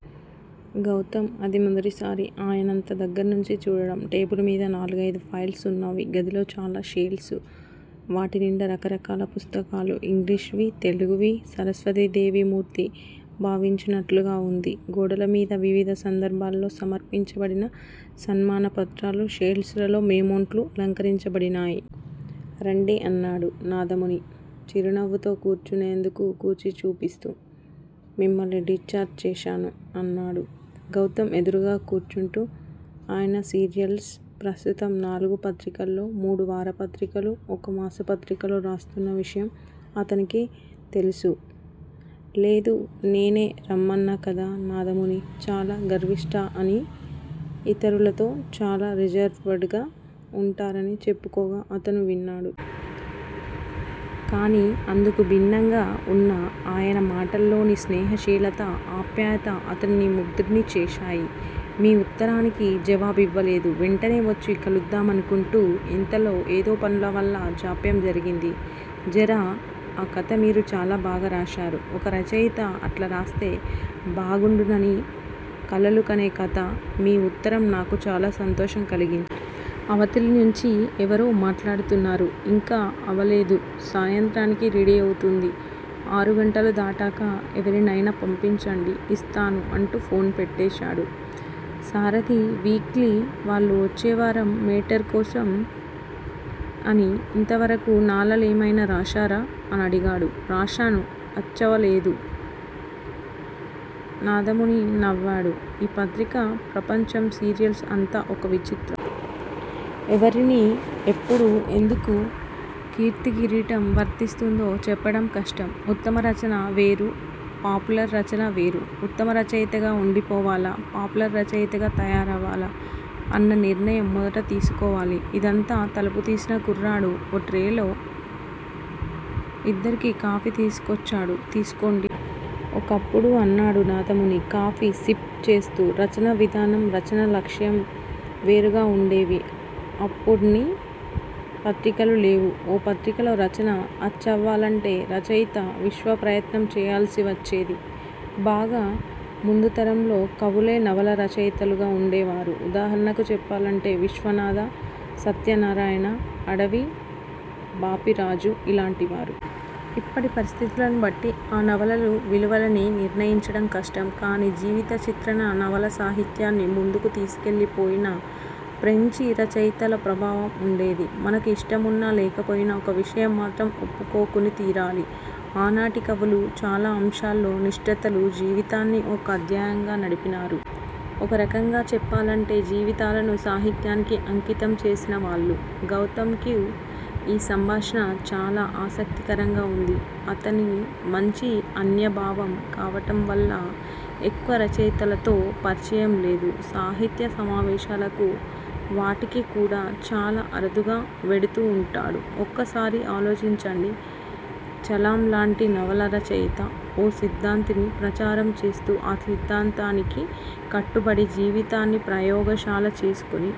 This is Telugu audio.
గౌతమ్ అది మొదటిసారి ఆయన్నంత దగ్గరినుంచి చూడడం. టేబుల్ మీద నాలుగయిదు ఫైల్స్ ఉన్నాయి. గదిలో చాలా షెల్స్. వాటినిండా రకరకాలు పుస్తకాలు _ యింగ్లీషువీ, తెలుగువీ సరస్వతీదేవి మూర్తీ భవించినట్లుగా వుంది. గోడలమీద వివిధ సందర్భాలల్లో సపర్పించబడిన సన్మానపత్రాలు, షెల్స్ లలో మెమెంటోలు అలంకరించబడిఉన్నాయి. రండి అన్నాడు నాదముని చిరునవ్వుతో కూర్చునేందుకు కుర్చీచూపిస్తూ. మిమ్మల్ని డిస్టర్బ్ చేశానా? అన్నాడు గౌతమ్ ఎదురుగా కూర్చుంటూ. అయన సీరియల్స్ ప్రస్తుతం నాలుగు పత్రికల్లో, మూడువారపత్రికలు. ఒక మాసపత్రికలో రాస్తున్న విషయం అతనికి తెలుసు. లేదు. నేనే రమ్మన్నకదా. నాదముని చాలా గర్విష్టఅనీ, యితరులతో చాలా రిజర్వడ్ గా వుంటారని చెప్పుకోగా అతను విన్నాడు. కాని అందుకుభిన్నంగా ఉన్న అయన మాటల్లోని స్నేహిశీలత ఆప్యాయత అతనిని ముగ్దుడిని చేశాయి. మీ ఉత్తరానికి జావాబివ్వలేదు _ వెంటనే వొచ్చి కలుద్దామానుకుంటూ ఇంతలో ఏదో పనులవల్ల జాప్యం జరిగింది. 'జర' _ ఆ కథ మీరు చాలా బాగారాశారు. ఒక రచయితా అట్లారాస్తే బాగుండునని కలలుకనే కథ మీ ఉత్తరం నాకు చాలాసంతోషం కలిగించింది. అవతలినించి ఎవరో మాట్లాడుతున్నారు. ఇంకా అవలేదు, సాయంత్రానికి రెడీఅవుతుంది. ఆరు గంటలు దాటాక ఎవరినయినా పంపించండి యిస్తాను అంటూ ఫోన్ పెట్టెశాడు. సారధి వీక్లీ వాళ్ళు వొచ్చేవారం మేటర్ కోసం _ అని, యింతవరకూ నలలలేమైనా రాశారా? అనడిగాడు. రాశాను అచ్చవలేదు? నాదముని నవ్వాడు. ఈ పత్రికా ప్రపంచం సీరియల్స్ అంతా ఒక విచిత్రం. ఎవరిని ఎప్పుడు ఎందుకు కీర్తీ కిరీటం వరిస్తుందో చెప్పటంకష్టం ఉత్తమ రచన వేరు. పాప్యులర్ రచన వేరు. ఉత్తమ రచయితగా వుండి పోవాలా? పాప్యులర్ రచయితగా తయారవాలా_ అన్న నిర్ణయం మొదట తీసుకోవాలి. ఇందాక తలుపుతీసిన కుర్రాడు ఓ ట్రేలో యిద్దరికీ కాఫీ తీసుకొచ్చాడు. తీసుకొండి. ఒకప్పుడు అన్నాడు నాదముని కాఫీ సిఫ్ చేస్తూ _ రచనా విధానం, రచనా లక్ష్యం వేరుగావుండేవి. అప్పుడిన్ని పత్రికలూ లేవు. ఓ పత్రికలో రచన అచ్చవ్వలంటే రచయితా విశ్వప్రయత్నం చేయాల్సివచ్చేది. బాగా ముందుతరంలో కవులే నవలా రచయితలుగా వుండేవారు. ఉదాహరణకు చెప్పాలంటే విశ్వనాథ సత్యనారాయణ, అడవి బాపిరాజు _ ఇలాంటి వారు. ఇప్పటి పరిస్థతులనుబట్టి ఆ నవలలు విలువలని నిర్ణయించడం కష్టం. కానీ జీవిత చిత్రణ నవలా సాహిత్యాన్ని ముందుకు తీసుకెళ్ళిపోయిన ఫ్రెంచి రచయితల ప్రభావం వుండేది. మనకు యిష్టంవున్నా, లేకపోయినా ఒక విషయం మాత్రం ఒప్పుకోకునితీరాలి. ఆనాటి కవులు చాలా అంశాల్లో నిష్టాతులు, జీవితాన్ని ఒక అధ్యయంగా నడిపినవారు. ఒక రకంగా చెప్పాలంటే జీవితాలను సాహిత్యానికి అంకితంచేసిన వాళ్ళు. గౌతమ్ కు యీ సంబాషణ చాలా ఆసక్తికరంగా వుంది. అతని మంచి అన్యభావం కావటంవల్ల ఎక్కువగా రచయితలతో పరిచయం లేదు. సాహిత్య సమావేశాలకూ వాటికి కూడా చాలా అరుదుగా వెడుతూ వుంటాడు. ఒక్కసారి ఆలోచించండి. చలంలాంటి నవలా రచయితా ఓ సిద్దాంతాన్ని ప్రచారం చేస్తూ ఆ సిద్దాంతానికి కట్టుబడి జీవితాన్ని ప్రయోగషాల చేసుకుని.